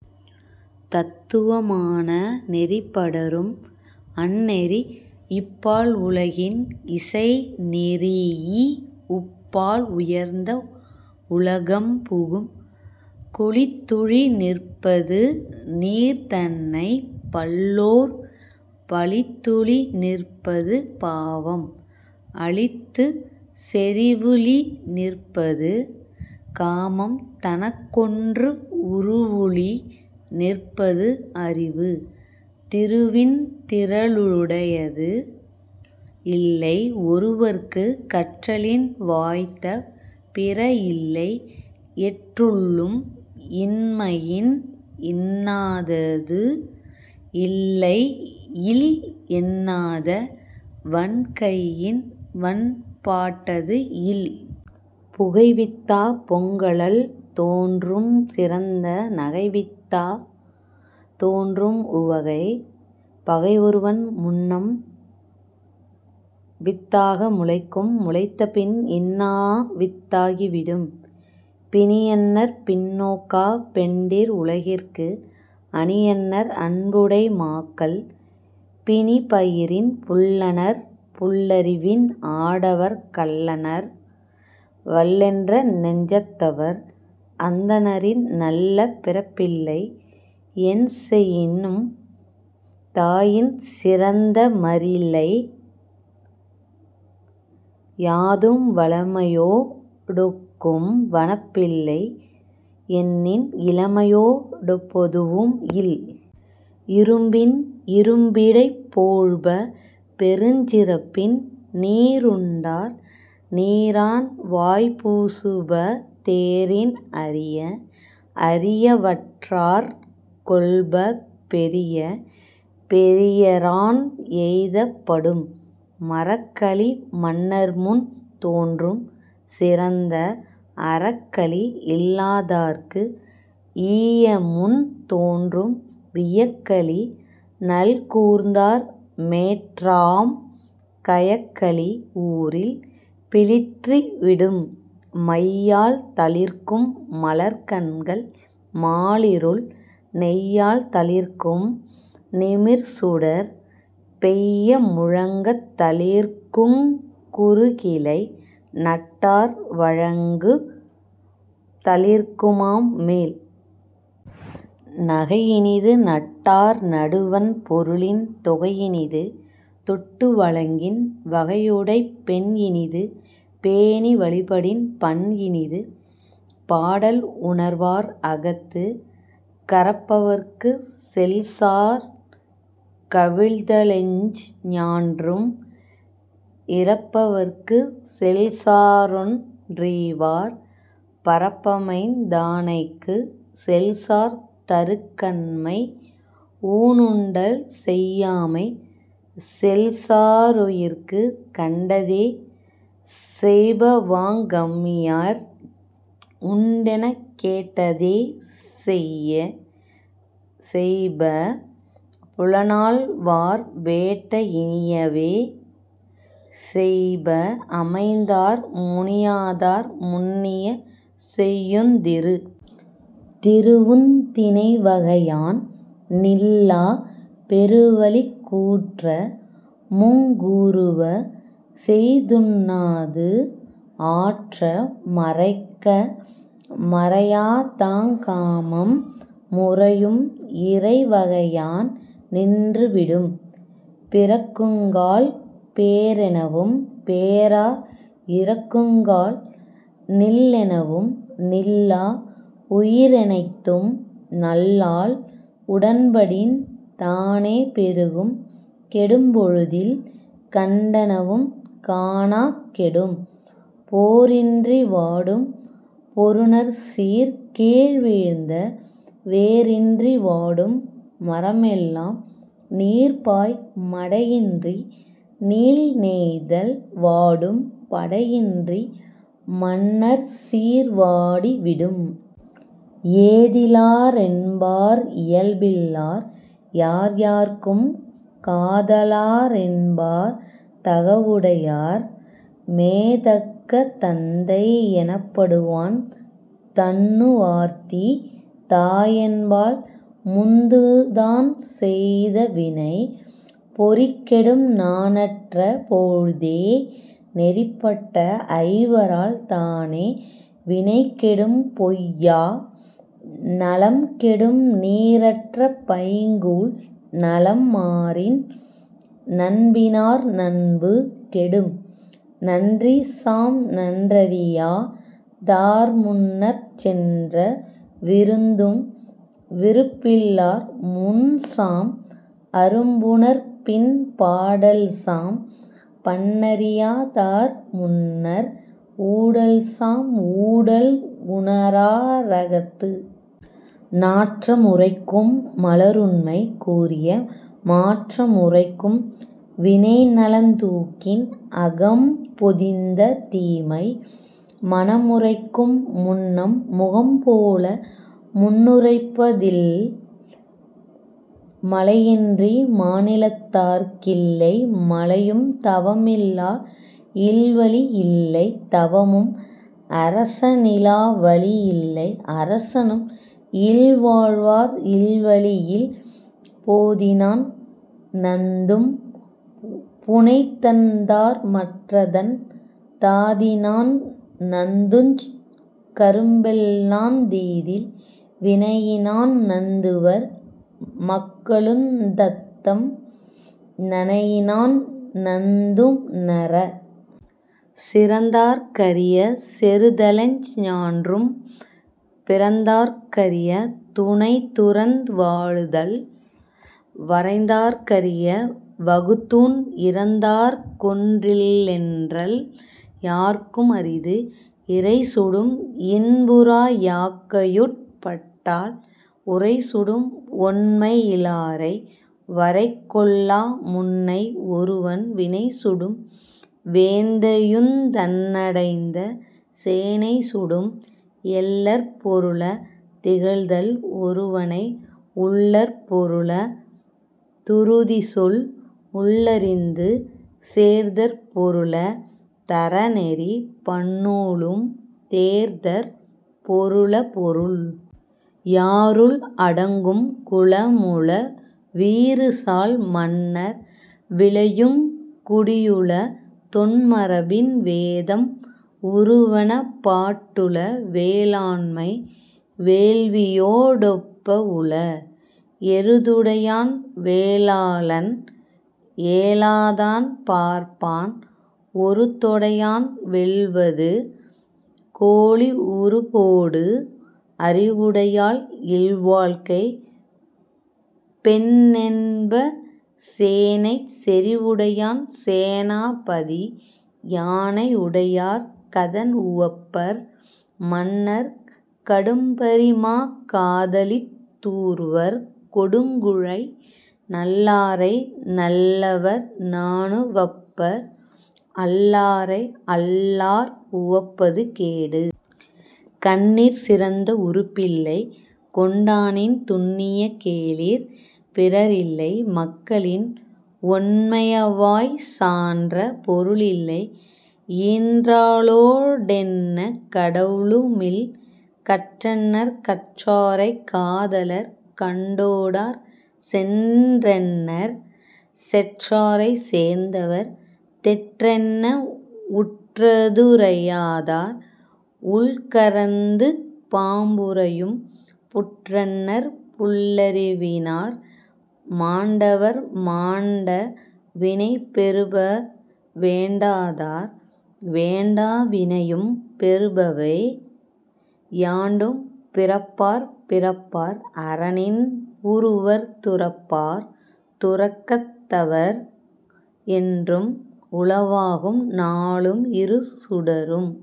தத்துவ மான நெறிபடரும் அந்நெறி இப்பால் உலகின் இசைநிறீஇ உப்பால் உயர்ந்த உலகம் புகும். குழித்துழி நிற்பது நீர்தன்னைப் பல்லோர் பழித்துழி நிற்பது பாவம் அழித்துச் செறிவுழி நிற்பது காமம் தனக்கொன்று உறுவுழி நிற்பது அறிவு. திருவின் திறலுடையது இல்லை ஒருவற்குக் கற்றலின் வாய்த்த பிறஇல்லை எற்றுள்ளும் இன்மையின் இன்னாதது இல்லைஇல் என்னாத வன்கையின் வன்பாட்டது இல். புகைவித்தாப் பொங்கழல் தோன்றும் சிறந்த நகைவித்தாத் தோன்றும் உவகை பகையொருவன் முன்னம்வித் தாக முளைக்கும் முளைத்தபின் இன்னாவித் தாகி விடும். பிணியன்னர் பின்நோக்காப் பெண்டிர் உலகிற்கு அணியன்னர் அன்புடை மாக்கள் பிணிபயிரின் புல்லன்னர் புல்லறிவின் ஆடவர் கல்லன்னர் வல்லென்ற நெஞ்சத் தவர். அந்தணரின் நல்ல பிறப்பில்லை என்செயினும் தாயின் சிறந்த தமரில்லை யாதும் வளமையோ டொக்கும் வனப்பில்லை எண்ணின் இளமையோ டொப்பதூஉம் இல். இரும்பின் இரும்பிடை போழ்ப பெருஞ்சிறப்பின் நீருண்டார் நீரான்வாய் பூசுப தேரின் அரிய அரியவற்றாற் கொள்ப பெரிய பெரியரான் எய்தப் படும். மறக்களி மன்னர்முன் தோன்றும் சிறந்த அறக்களி இல்லாதார்க்கு ஈயமுன் தோன்றும் வியக்களி நல்கூர்ந்தார் மேற்றாம் கயக்களி ஊரில் பிளிற்றி விடும். மையால் தளிர்க்கும் மலர்க்கண்கள் மாலிருள் நெய்யால் தளிர்க்கும் நிமிர்சுடர் பெய்ய முழங்கத் தளிர்க்குங் குருகிலை நட்டார் வழங்கத் தளிர்க்குமாம் மேல். நகைஇனிது நட்டார் நடுவண் பொருளின் தொகைஇனிது தொட்டு வழங்கின் வகையுடைப் பெண்இனிது பேணி வழிபடின் பண்இனிது பாடல் உணர்வார் அகத்து. கரப்பவர்க்குச் செல்சார் கவிழ்தலெஞ் ஞான்றும் இரப்பவர்க்குச் செல்சாரொன் றீவார் பரப்பமைந்த தானைக்குச் செல்சார் தறுகண்மை ஊனுண்டல் செய்யாமை செல்சா ருயிர்க்கு. கண்டதே செய்பவாங் கம்மியர் உண்டெனக் கேட்டதே செய்ப புலனாள்வார் வேட்ட இனியவே செய்ப அமைந்தார் முனியாதார் முன்னிய செய்யுந் திரு. திருவுந் திணைவகையான் நில்லாப் பெருவலிக் கூற்றமுங் கூறுவ செய்துண்ணாது ஆற்ற மறைக்க மறையாதாங் காமம் முறையும் இறைவகையான் நின்று விடும். பிறக்குங்கால் பேரெனவும் பேரா இறக்குங்கால் நில்லெனவும் நில்லா உயிரெனைத்தும் நல்லாள் உடன்படின் தானே பெருகும் கெடும்பொழுதில் கண்டனவும் காணாக் கெடும். போரின்றி வாடும் பொருநர்சீர் கீழ்வீழ்ந்த வேரின்றி வாடும் மரமெல்லாம் நீர்பாய் மடையின்றி நீள்நெய்தல் வாடும் படையின்றி மன்னர்சீர் வாடி விடும். ஏதிலா ரென்பார் இயல்பில்லார் யார்யார்க்கும் காதலா ரென்பார் தகவுடையார் மேதக்க தந்தை யெனப்படுவான் தன்னுவாத்தி தாயென்பாள் முந்துதான் செய்த வினை. பொறிகெடும் நாணற்ற போழ்தே நெறிபட்ட ஐவரால் தானே வினைகெடும் பொய்யா நலம்கெடும் நீரற்ற பைங்கூழ் நலம்மாறின் நண்பினார் நண்பு கெடும். நன்றிசாம் நன்றறியா தார்முன்னர்ச் சென்ற விருந்தும் விருப்பிலார் முன்சாம் அரும்புணர்ப்பின் பாடல்சாம் பண்ணறியா தார்முன்னர் ஊடல்சாம் ஊடல் உணரா ரகத்து. நாற்ற முரைக்கும் மலருண்மை கூறிய மாற்ற முரைக்கும் வினைநலந் தூக்கின் அகம்பொதிந்த தீமை மனமுரைக்கும் முன்னம் முகம்போல முன்னுரைப்ப தில். மழையின்றி மாநிலத்தார்க் கில்லை மழையும் தவமிலார் இல்வழி இல்லை தவமும் அரச னிலாவழி இல்லை அரசனும் இல்வாழ்வார் இல்வழி யில். போதினான் நந்தும் புனைதண்தார் மற்றதன் தாதினான் நந்துஞ் கரும்பெல்லாந் தீதில் வினையினான் நந்துவர் மக்களுந் தத்தம் நனையினான் நந்தும் நறா. சிறந்தார்க் கரிய செறுதலெஞ் ஞான்றும் பிறந்தார்க் கரிய துணைதுறந்து வாழ்தல் வரைந்தார்க் கரிய வகுத்தூண் இரந்தார்க்கொன் றில்லென்றல் யார்க்கும் அரிது. இரைசுடும் இன்புறா யாக்கையுட் பட்டால் உரைசுடும் ஒண்மை யிலாரை வரைகொள்ளா முன்னை ஒருவன் வினைசுடும் வேந்தனையுந் தன்னடைந்த சேனை சுடும். எள்ளற் பொருள திகழ்தல் ஒருவனை உள்ளற் பொருள துறுதிச்சொல் உள்ளறிந்து சேர்தற் பொருள தறநெறி பன்னூலும் தேர்தற் பொருள பொருள். யாறுள் அடங்கும் குளமுள வீறுசால் மன்னர் விழையுங் குடியுள தொன்மரபின் வேதம் உறுவன பாட்டுள வேளாண்மை வேள்வியோ டொப்ப உள. எருதுடையான் வேளாளன்; ஏலாதான் பார்ப்பான்; ஒருதொடையான் வெல்வது கோழி உருபோடு அறிவுடையாள் இல்வாழ்க்கைப் பெண்ணென்ப சேனைச் செறிவுடையான் சேனா பதி. யானை யுடையார் கதன்உவப்பர் மன்னர் கடும்பரிமாக் காதலித் தூர்வர் கொடுங்குழை நல்லாரை நல்லவர் நாணுவப்பர் அல்லாரை அல்லார் உவப்பது கேடு. கண்ணிற் சிறந்த உறுப்பில்லை கொண்டானின் துன்னிய கேளிர் பிறரில்லை மக்களின் ஒண்மையவாய்ச் சான்ற பொருளில்லை ஈன்றாளோ டெண்ணக் கடவுளு மில். கற்றன்னர் கற்றாரைக் காதலர் கண்ணோடார் செற்றன்னர் செற்றாரைச் சேர்ந்தவர் தெற்றென உற்ற துரையாதார் உள்கரந்து பாம்புறையும் புற்றன்னர் புல்லறிவி னார். மாண்டவர் மாண்ட வினைபெறுப வேண்டாதார் வேண்டா வினையும் பெறுபவே யாண்டும் பிறப்பார் பிறப்பார் அறனின் புறுவர் துறப்பார் துறக்கத் தவர். என்றும் உளவாகும் நாளும் இருசுடரும்।